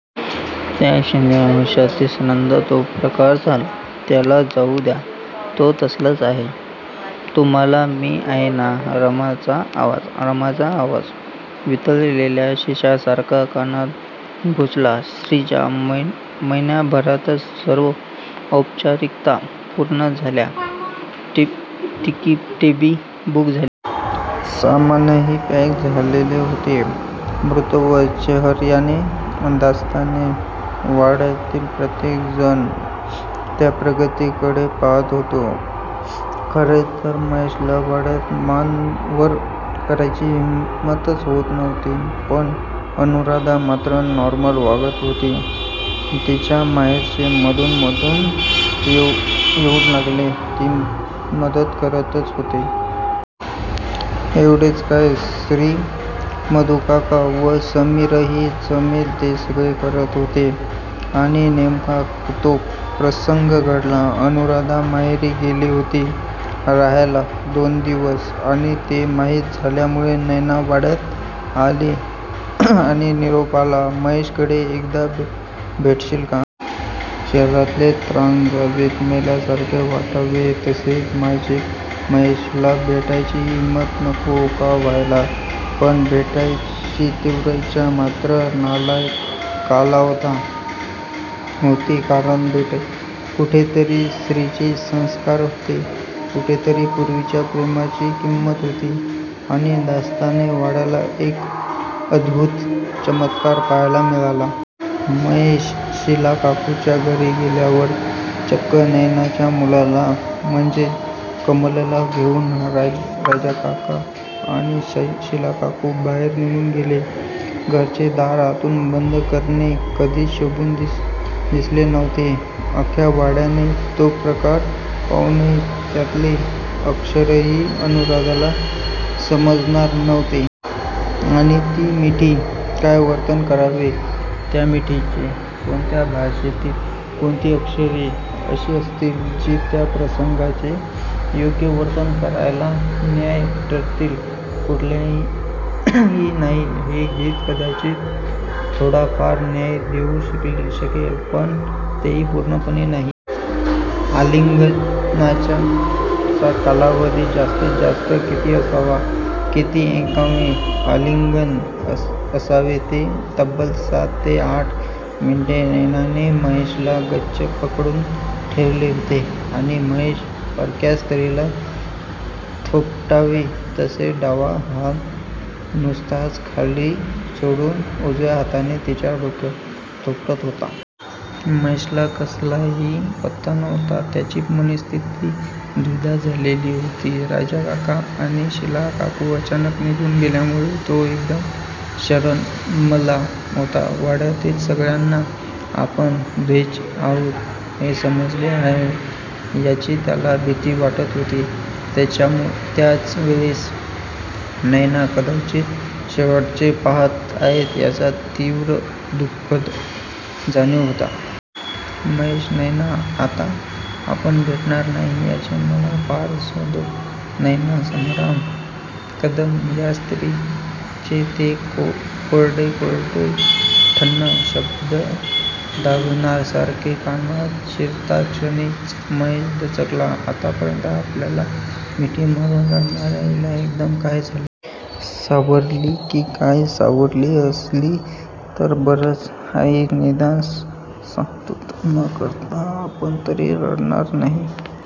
त्याच क्षणी आयुष्यात तिसर्यांदा तो प्रकार झाला. त्याला जाऊ द्या. तो तसलाच आहे. तुम्हाला मी आहे ना? रमाचा आवाज रमाचा आवाज वितळलेल्या शिशासारखा कानात घुसला श्रीच्या! महिन्याभरातच सर्व औपचारिकता पूर्ण झाल्या. तिकीटेही बूक झाली. सामानही पॅक झालेले होते. मृतवत चेहर्याने दास्ताने वाड्यातील प्रत्येक जण त्या प्रगतीकडे पाहात होता. खरे तर महेशला वाड्यात मान वर करायची हिम्मतच होत नव्हती. पण अनुराधा मात्र नॉर्मल वागत होती. तिच्या माहेरचे मधून मधून येऊन लागेल ती मदत करतच होते. एवढेच काय? श्री, मधूकाका व समीरही जमेल ते सगळे करत होते आणि नेमका तो प्रसंग घडला. अनुराधा माहेरी गेली होती राहायला दोन दिवस आणि ते माहीत झाल्यामुळे नैना वाड्यात आली आणि निरोप आला महेशकडे एकदा भेटशील का? शरीरातले त्राण जावेत, मेल्यासारखे वाटावे तसे झाले महेशला भेटायची हिम्मत नको का व्हायला? पण भेटायची तीव्र इच्छा मात्र नालायकाला होत होती कारण कुठेतरी श्रीचे संस्कार होते. कुठेतरी पुर्वीच्या प्रेमाची किंमत होती आणि दास्ताने वाड्याला एक अद्भुत चमत्कार पाहायला मिळाला. महेश शीलाकाकूच्या घरी गेल्यावर चक्क नैनाच्या मुलाला म्हणजे कमलला घेऊन राजाकाका आणि शीलाकाकू बाहेर निघून गेले. घराचे दार आतून बंद करणे कधीच शोभून दिसले नव्हते. अख्ख्या वाड्याने तो प्रकार पाहूनही त्यातले अक्षरही अनुराधाला समजणार नव्हते. आणि ती मिठी? काय वर्णन करावे त्या मिठीचे? कोणत्या भाषेतील कोणती अक्षरे अशी असतील जी त्या प्रसंगाचे योग्य वर्णन करायला न्याय्य ठरतील? कुठल्याही नाही. हे गीत कदाचित थोडाफार न्याय देऊ शकेल पण तेही पूर्णपणे नाहीच! आलिंगनाचा कालावधी जास्तीत जास्त किती असावा? किती एकांगी आलिंगन असावे ते? तब्बल सात ते आठ मिनिटे नैनाने महेशला गच्च पकडून ठेवले होते आणि महेश परक्या स्त्रीला थोपटावे तसे डावा हात नुसताच खाली सोडून उजव्या हाताने तिच्या डोक्यावर थोपटत होता. महेशला कसलाही पत्ता नव्हता. त्याची मनस्थिती द्विधा झालेली होती. राजाकाका आणि शीलाकाकू अचानक निघून गेल्यामुळे तो एकदम शरमला होता. वाड्यातील सगळ्यांना आपण द्घेच आहोत हे समजले आहे याची त्याला भीती वाटत होती. त्याचवेळेस नैनाला कदाचित शेवटचे पाहात आहोत याची तीव्र दु:खद जाणीव होती. महेश, नैना आता आपण भेटणार नाही याचे मला मला फार दु सौ. नैना संग्राम कदम या स्त्रीचे ते कोरडे कोरडे ठण्ण शब्द दाभणासारखे कानात शिरताक्षणीच महेश दचकला. आत्तापर्यंत आपल्याला मिठी मारून रडणार्या हिला एकदम काय झाले? सावरली की काय? सावरली असली तर बरंच आहे. निदान सांत्वन करता करता आपण तरी रडणार नाही.